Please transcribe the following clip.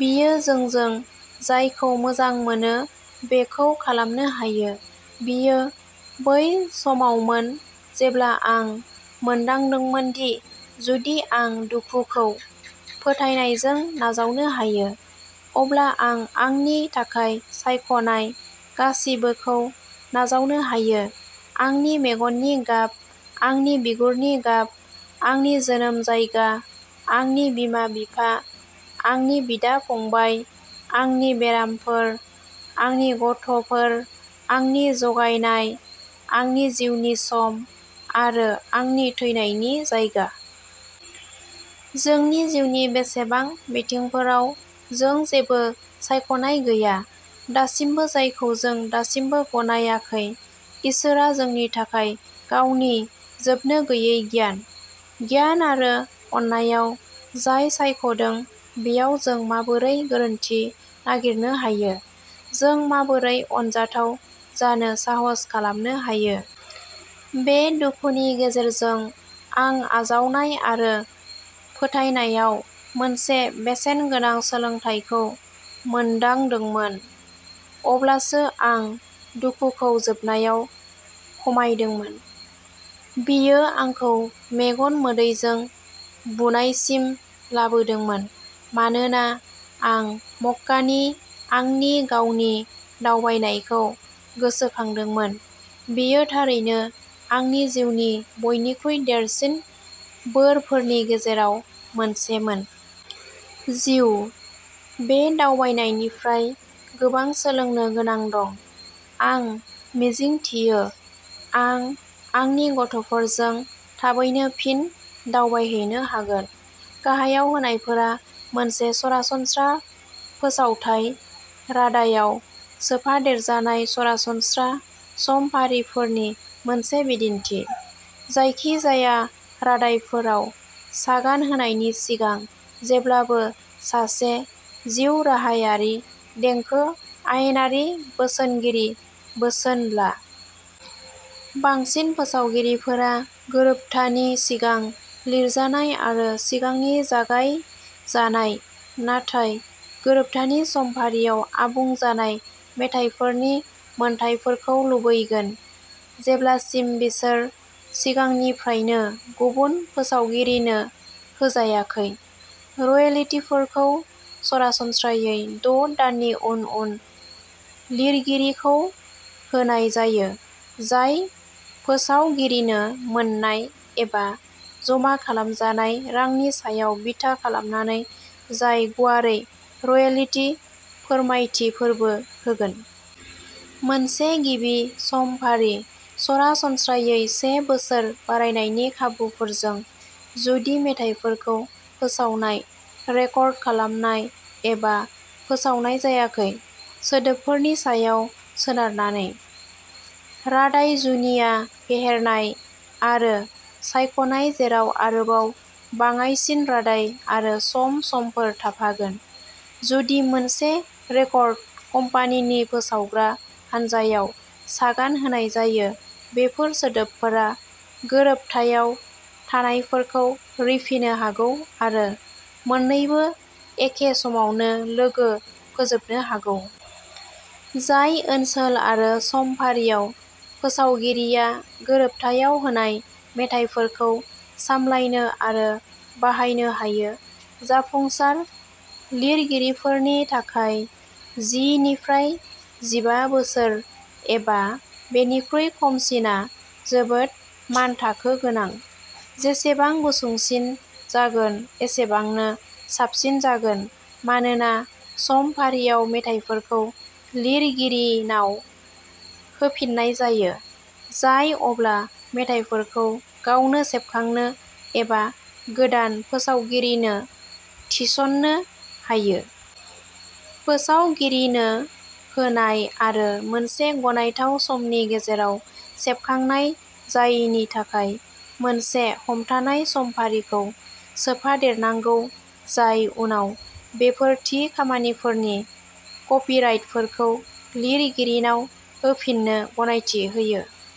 बियो जोंजों जायखौ मोजां मोनो बेखौ खालामनो हायो। बेयो बै समावमोन जेब्ला आं मोनदांदोंमोन दि जुदि आं दुखुखौ फोथायनायजों नाजावनो हायो, अब्ला आं आंनि थाखाय सायख'नाय गासिबोखौ नाजावनो हायो आंनि मेगननि गाब, आंनि बिगुरनि गाब, आंनि जोनोम जायगा, आंनि बिमा-बिफा, आंनि बिदा-फंबाय, आंनि बेरामफोर, आंनि गथ'फोर, आंनि जगायनाय, आंनि जिउनि सम आरो आंनि थैनायनि जायगा। जोंनि जिउनि बेसेबां बिथिंफोराव जों जेबो सायख'नाय गैया, दासिमबो जायखौ जों दासिमबो गनायाखै इसोरआ जोंनि थाखाय गावनि जोबनोगैयै गियान, गियान आरो अननायाव जाय सायख'दों बेयाव जों माबोरै गोरोन्थि नागिरनो हायो? जों माबोरै अनजाथाव जानो साहस खालामनो हायो? बे दुखुनि गेजेरजों आं आजावनाय आरो फोथायनायाव मोनसे बेसेनगोनां सोलोंथायखौ मोनदांदोंमोन। अब्लासो आं दुखुखौ जोबनायाव खमायदोंमोन। बेयो आंखौ मेगन मोदैजों बुनायसिम लाबोदोंमोन मानोना आं मक्कानि आंनि गावनि दावबायनायखौ गोसोखांदोंमोन। बेयो थारैनो आंनि जिउनि बयनिख्रुइ देरसिन बोरफोरनि गेजेराव मोनसेमोन। जिउ। बे दावबायनायनिफ्राय गोबां सोलोंनो गोनां दं। आं मिजिंथियो आं आंनि गथ'फोरजों थाबैनो फिन दावबायहैनो हागोन। गाहायाव होनायफोरा मोनसे सरासनस्रा फोसावथाय रादायआव सोफादेरजानाय सरासनस्रा समफारिफोरनि मोनसे बिदिन्थि, जायखिजाया रादायफोराव सागान होनायनि सिगां जेब्लाबो सासे जिउराहायारि देंखो आयेनारि बोसोनगिरि बोसोन ला। बांसिन फोसावगिरिफोरा गोरोबथानि सिगां लिरजानाय आरो सिगांनि जागाय जानाय नाथाय गोरोबथानि समफारियाव आबुं जानाय मेथाइफोरनि मोनथायफोरखौ लुबैगोन, जेब्लासिम बिसोर सिगांनिफ्रायनो गुबुन फोसावगिरिनो होजायाखै। रयेल्टिफोरखौ सरासनस्रायै द' दाननि उन उन लिरगिरिखौ होनाय जायो जाय फोसावगिरिनो मोन्नाय एबा जमा खालामजानाय रांनि सायाव बिथा खालामनानै जाय गुवारै रयेल्टि फोरमायथिफोरबो होगोन। मोनसे गिबि समफारि सरासनस्रायै से बोसोर बारायनायनि खाबुफोरजों, जुदि मेथाइफोरखौ फोसावनाय, रेकर्ड खालामनाय एबा फोसावनाय जायाखै, सोदोबफोरनि सायाव सोनारनानै। रादाय जुनिया फेहेरनाय आरो सायख'नाय जेराव आरोबाव बाङाइसिन रादाय आरो सम समफोर थाफागोन। जुदि मोनसे रेकर्ड कम्पानिनि फोसावग्रा हान्जायाव सागान होनाय जायो, बेफोर सोदोबफोरा गोरोबथायाव थानायफोरखौ रिफिनो हागौ आरो मोननैबो एखे समावनो लोगो फोजोबनो हागौ। जाय ओनसोल आरो समफारियाव फोसावगिरिया गोरोबथायाव होनाय मेथाइफोरखौ सामलायनो आरो बाहायनो हायो। जाफुंसार लिरगिरिफोरनि थाखाय जि निफ्राय जिबा बोसोर एबा बेनिख्रुइ खमसिनआ जोबोद मानथाखो गोनां, जेसेबां गुसुंसिन जागोन एसेबांनो साबसिन जागोन मानोना समफारियाव मेथाइफोरखौ लिरगिरिनाव होफिननाय जायो, जाय अब्ला मेथाइफोरखौ गावनो सेबखांनो एबा गोदान फोसावगिरिनो थिसन्नो हायो। फोसावगिरिनो होनाय आरो मोनसे गनायथाव समनि गेजेराव सेबखांनाय जायैनि थाखाय मोनसे हमथानाय समफारिखौ सोफादेरनांगौ जाय उनाव बेफोर थि खामानिफोरनि कपिराइटफोरखौ लिरगिरिनाव होफिन्नो गनायथि होयो।